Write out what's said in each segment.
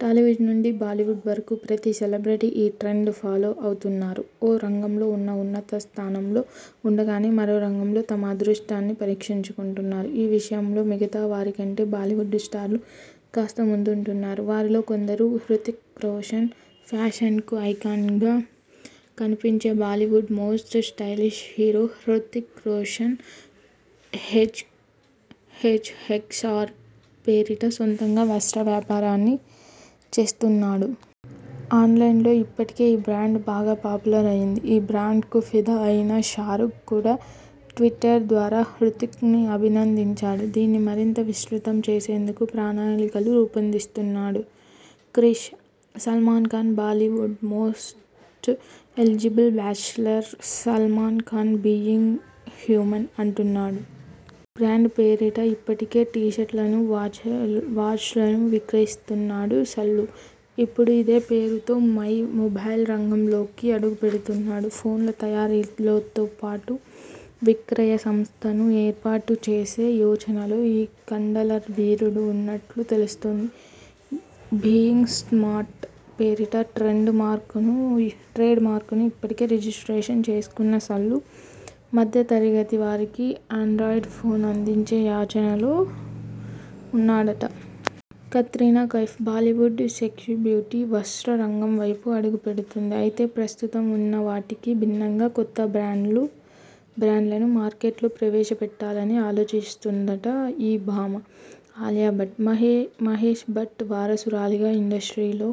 టాలీవుడ్ నుంచి బాలీవుడ్ వరకు ప్రతి సెలెబ్రిటీ ఈ ట్రెండ్ను ఫాలో అవుతున్నారు. ఓ రంగంలో ఉన్నత స్థానంలో ఉండగానే మరో రంగంలో తమ అదృష్టాన్ని పరీక్షించుకుంటున్నారు. ఈ విషయంలో మిగతా వారి కంటే బాలీవుడ్ స్టార్లు కాస్త ముందున్నారు. వారిలో కొందరు హృతిక్ రోషన్: ఫ్యాషన్కు ఐకాన్గా కనిపించే Bollywood most stylish hero Hrithik Roshan 'H X R' పేరిట సొంతంగా వస్త్ర వ్యాపారాన్ని చేస్తున్నాడు. ఆన్లైన్లో ఇప్పటికే ఈ బ్రాండ్ బాగా పాపులర్ అయింది. ఈ బ్రాండ్కు ఫిదా అయిన షారుఖ్ కూడా ట్విట్టర్ ద్వారా హృతిక్ని అభినందించాడు. దీన్ని మరింత విస్తృతం చేసేందుకు ప్రణాళికలు రూపొందిస్తున్నాడు 'Krrish'. Salman Khan: Bollywood most eligible bachelor Salman Khan 'Being Human' అంటున్నాడు. ఈ బ్రాండ్ పేరిటి ఇప్పటికే టీ-షర్టులను, వాచ్లను విక్రయిస్తున్నాడు సల్లూ. ఇప్పుడు ఇదే పేరుతో మొబైల్ రంగంలోకి అడుగుపెట్టనున్నాడు. ఫోన్ల తయారీతో పాటు విక్రయ సంస్థను ఏర్పాటు చేసే యోచనలో ఈ కండలవీరుడు ఉన్నట్లు తెలుస్తోంది. 'బీయింగ్ స్మార్ట్' పేరిట ట్రేడ్ మార్క్ను ఇప్పటికే రిజిస్ట్రేషన్ చేసుకున్న సల్లూ మధ్యతరగతి వారికి ఆండ్రాయిడ్ ఫోన్ అందించే యచనలో ఉన్నాడట. కత్రినా కైఫ్: బాలీవుడ్ సెక్సీబ్యూటీ వస్త్ర రంగంవైపు అడుగు పెడుతోంది. అయితే ప్రస్తుతం ఉన్నవాటికి భిన్నంగా కొత్త బ్రాండ్లను మార్కెట్లో ప్రవేశపెట్టాలని ఆలోచిస్తోందట ఈ భామ. అలియా భట్: మహేష్ భట్ వారసురాలిగా ఇండస్ట్రీలో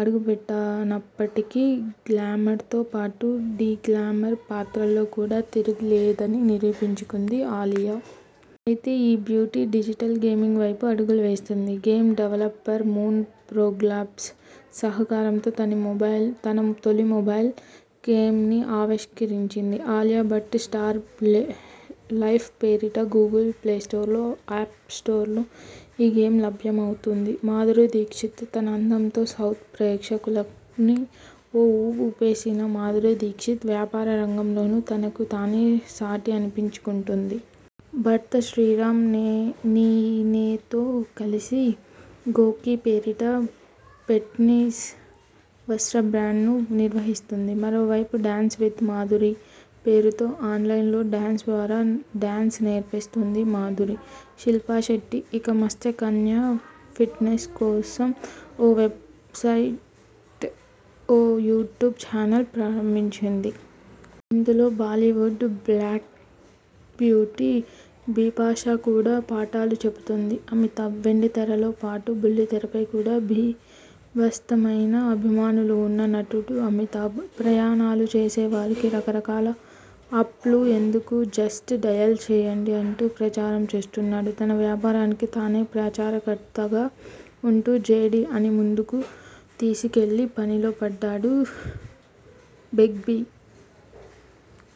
అడుగుపెట్టినప్పటికీ గ్లమర్తో పాటు డీగ్లామర్ పాత్రల్లో కూడా తిరుగులేదని నిరూపించుకుంది అలియా. అయితే ఈ బ్యూటీ డిజిటల్ గేమింగ్ వైపు అడుగులు వేస్తోంది. గేమ్ డెవలపర్ మూన్ ఫ్రాగ్లాబ్స్ సహకారంతో తన తొలి మొబైల్ గేమ్ని ఆవిష్కరించింది. 'అలియా భట్ స్టార్ లైఫ్' పేరిట గూగుల్ ప్లేస్టోర్, ఆప్ స్టోర్లో ఈ గేమ్ లభ్యమవుతుంది. మాధురీ దీక్షిత్: తన అందంతో సౌత్ ప్రేక్షకులని ఓ ఊపు ఊపేసిన మాధురీ దీక్షిత్ వ్యాపార రంగంలోనూ తనకు తానే సాటి అనిపించుకుంటుంది. భర్త శ్రీరామ్ నీనేతో కలిసి గోకీ పేరిట ఫిట్నెస్ వస్త్ర బ్రాండ్ను నిర్వహిస్తుంది. మరోవైపు 'డాన్స్ విత్ మాధురీ' పేరుతో ఆన్లైన్ డాన్స్ ద్వారా డాన్స్ నేర్పిస్తోంది మాధురీ. శిల్పా శెట్టి: ఇక మత్స్యకన్య ఫిట్నెస్ కోసం ఓ వెబ్సైట్, ఓ యూట్యూబ్ చానల్ ప్రారంభించింది. ఇందులో బాలీవుడ్ బ్లాక్బ్యూటీ బిపాశా కూడా పాఠాలు చెబుతోంది. అమితాబ్: వెండితెరతో పాటు బుల్లితెరపై కూడా 'బీ'భత్సమైన అభిమానులు ఉన్న నటుడు అమితాబ్. ప్రయాణాలు చేసేవారికి రకరకాల ఆప్లు ఎందుకు జస్ట్ డయల్ చేయండి అంటూ ప్రచారం చేస్తున్నాడు. తన వ్యాపారాకి తనే ప్రచారకర్తగా ఉంటూ 'జేడీ'ని ముందుకు తీసుకెళ్లే పనిలో పడ్డాడు బిగ్బి.